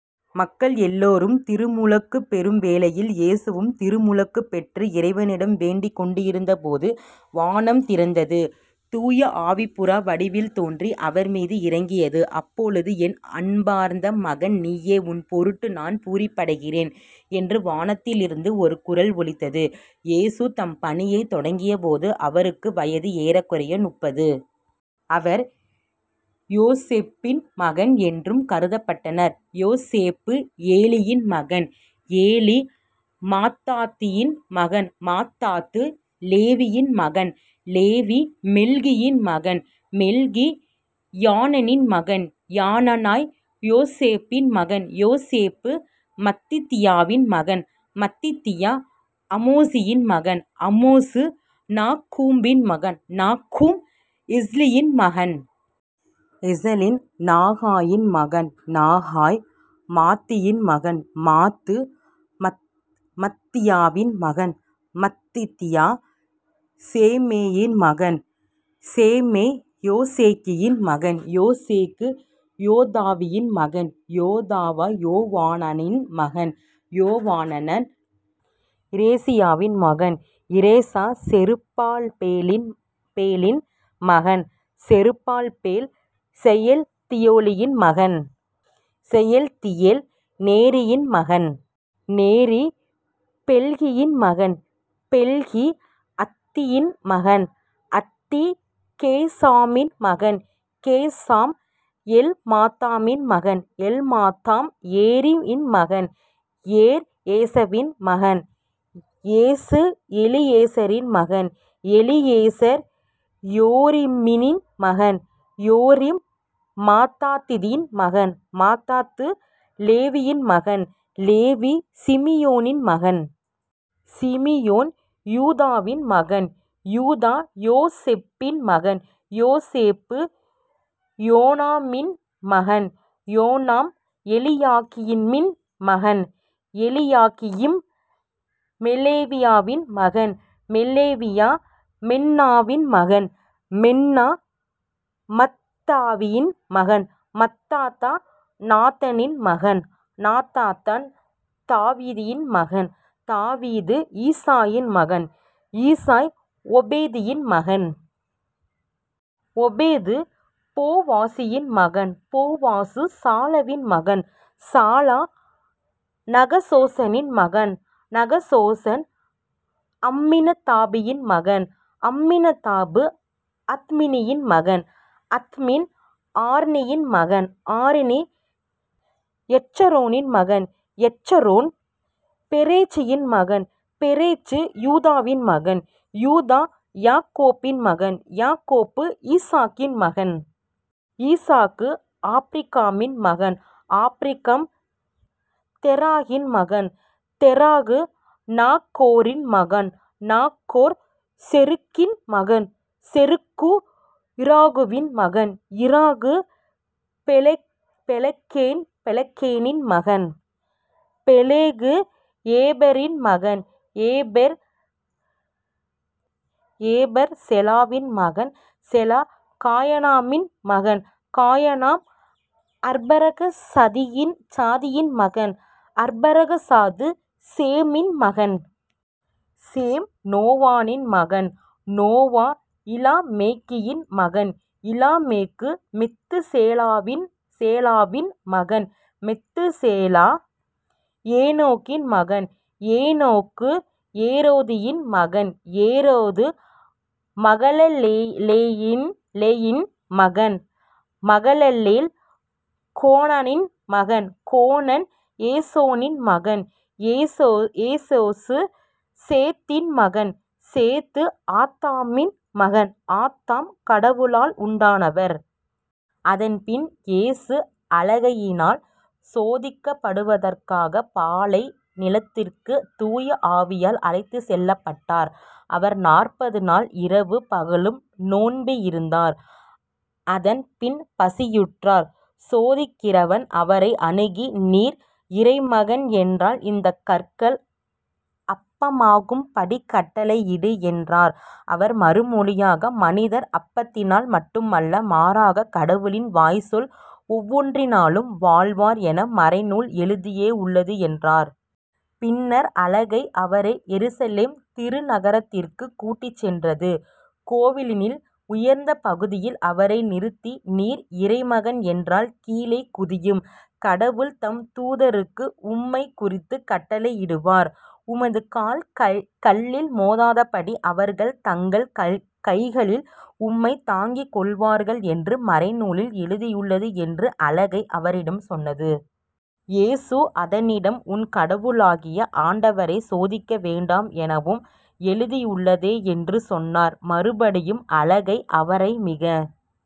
மக்களெல்லாரும் திருமுழுக்குப் பெறும் வேளையில் இயேசுவும் திருமுழுக்குப் பெற்று இறைவனிடம் வேண்டிக் கொண்டிருந்தபோது வானம் திறந்தது. தூய ஆவி புறா வடிவில் தோன்றி அவர்மீது இறங்கியது. அப்பொழுது என் அன்பார்ந்த மகன் நீயே உன்பொருட்டு நான் பூரிப்படைகிறேன் என்று வானத்திலிருந்து ஒரு குரல் ஒலித்தது. இயேசு தம் பணியைத் தொடங்கியபோது அவருக்கு வயது ஏறக்குறைய முப்பது. அவர் யோசேப்பின் மகன் என்று கருதப்பட்டார். யோசேப்பு ஏலியின் மகன். ஏலி மாத்தாத்தின் மகன். மாத்தாத்து லேவியின் மகன். லேவி மெல்கியின் மகன். மெல்கி யன்னாயின் மகன். யன்னாய் யோசேப்பின் மகன். யோசேப்பு மத்தத்தியாவின் மகன். மத்தத்தியா ஆமோசின் மகன். ஆமோசு நாகூமின் மகன். நாகூம் எஸ்லியின் மகன். எஸலி நாகாயின் மகன். நாகாய் மாத்தின் மகன். மாத்து மத்தத்தியாவின் மகன். மத்தத்தியா செமேயின் மகன். செமேய் யோசேக்கின் மகன். யோசேக்கு யோதாவின் மகன். யோதா யோவனானின் மகன். யோவனான் இரேசாவின் மகன். இரேசா செருபாபேலின். மகன் செருபாபேல் செயல்தியேயோலின் மகன். செயல்தியேல் நேரியின் மகன். நேரி மெல்கியின் மகன். மெல்கி அத்தியின் மகன். அத்தி கோசாமின் மகன். கோசாம் எல்மதாமின் மகன். எல்மதாம் ஏரின் மகன். ஏர் ஏசவின் மகன். ஏசு எலியேசரின் மகன். எலியேசர் யோரிமின் மகன். யோரிம் மாத்தாத்தின் மகன். மாத்தாத்து லேவியின் மகன். லேவி சிமியோனின் மகன். சிமியோன் யூதாவின் மகன். யூதா யோசேப்பின் மகன். யோசேப்பு யோனாமின் மகன். யோனாம் எலியாக்கிமின் மகன். எலியாக்கிம் மெலேயாவின் மகன். மெலேயா மென்னாவின் மகன். மென்னா மத்தத்தாவின் மகன். மத்தத்தா நாத்தானின் மகன். நாத்தான் தாவீதின் மகன். தாவீது ஈசாயின் மகன். ஈசாய் ஓபேதின் மகன். ஓபேது போவாசின் மகன். போவாசு சாலாவின் மகன். சாலா நகசோனின் மகன். நகசோன் அம்மினதாபின் மகன். அம்மினதாபு அத்மினின் மகன். அத்மின் ஆர்னியின் மகன். ஆர்னி எட்சரோனின் மகன். எட்சரோன் பெரேட்சின் மகன். பெரேட்சு யூதாவின் மகன். யூதா யாக்கோபின் மகன். யாக்கோபு ஈசாக்கின் மகன். ஈசாக்கு ஆபிரகாமின் மகன். ஆபிரகாம் தெராகின் மகன். தெராகு நாகோரின் மகன். நாகோர் செரூகின் மகன். செரூகு இரகுவின் மகன். இரகு பெலேகின் மகன். பெலேகு ஏபேரின் மகன். ஏபேர் ஏபேர் மகன். சேலா காயனாமின் மகன். காயனாம் அர்பகசாதின் மகன். அர்பகசாது சேமின் மகன். சேம் நோவாவின் மகன். நோவா இலாமேக்கின் மகன். இலாமேக்கு மெத்துசேலாவின் மகன். மெத்துசேலா ஏனொக்கின் மகன். ஏனோக்கு ஏரேதின் மகன். ஏரேது மகலலேலின் மகன். மகலலேல் கேனானின் மகன். கேனான் ஏனோசின் மகன். ஏனோசு சேத்தின் மகன். சேத்து ஆதாமின் மகன். ஆதாம் கடவுளால் உண்டானவர். அதன்பின் இயேசு அலகையினால் சோதிக்கப்படுவதற்காகப் பாலை நிலத்திற்குத் தூய ஆவியால் அழைத்துச் செல்லப்பட்டார். அவர் நாற்பது நாள் இரவும் பகலும் நோன்பிருந்தார். அதன் பின் பசியுற்றார். சோதிக்கிறவன் அவரை அணுகி நீர் இறைமகன் என்றால் இந்தக் கற்கள் அப்பமாகும்படிக் கட்டளையிடும் என்றான். அவர் மறுமொழியாக மனிதர் அப்பத்தினால் மட்டுமல்ல மாறாக கடவுளின் வாய்ச்சொல் ஒவ்வொன்றாலும் வாழ்வர் என மறைநூலில் எழுதியுள்ளதே என்றார். பின்னர் அலகை அவரை எருசலேம் திருநகரத்திற்குக் கூட்டிச் சென்றது. கோவிலின் உயர்ந்த பகுதியில் அவரை நிறுத்தி நீர் இறைமகன் என்றால் கீழே குதியும் கடவுள் தம் தூதருக்கு உம்மைக் குறித்துக் கட்டளையிடுவார். உமது கால் கல்லில் மோதாதபடி அவர்கள் தங்கள் கைகளில் உம்மைத் தாங்கிக் கொள்வார்கள் என்று மறைநூலில் எழுதியுள்ளது என்று அலகை அவரிடம் சொன்னது. இயேசு அதனிடம் உன் கடவுளாகிய ஆண்டவரைச் சோதிக்க வேண்டாம் எனவும் எழுதியுள்ளதே என்று சொன்னார். மறுபடியும் அலகை அவரை மிக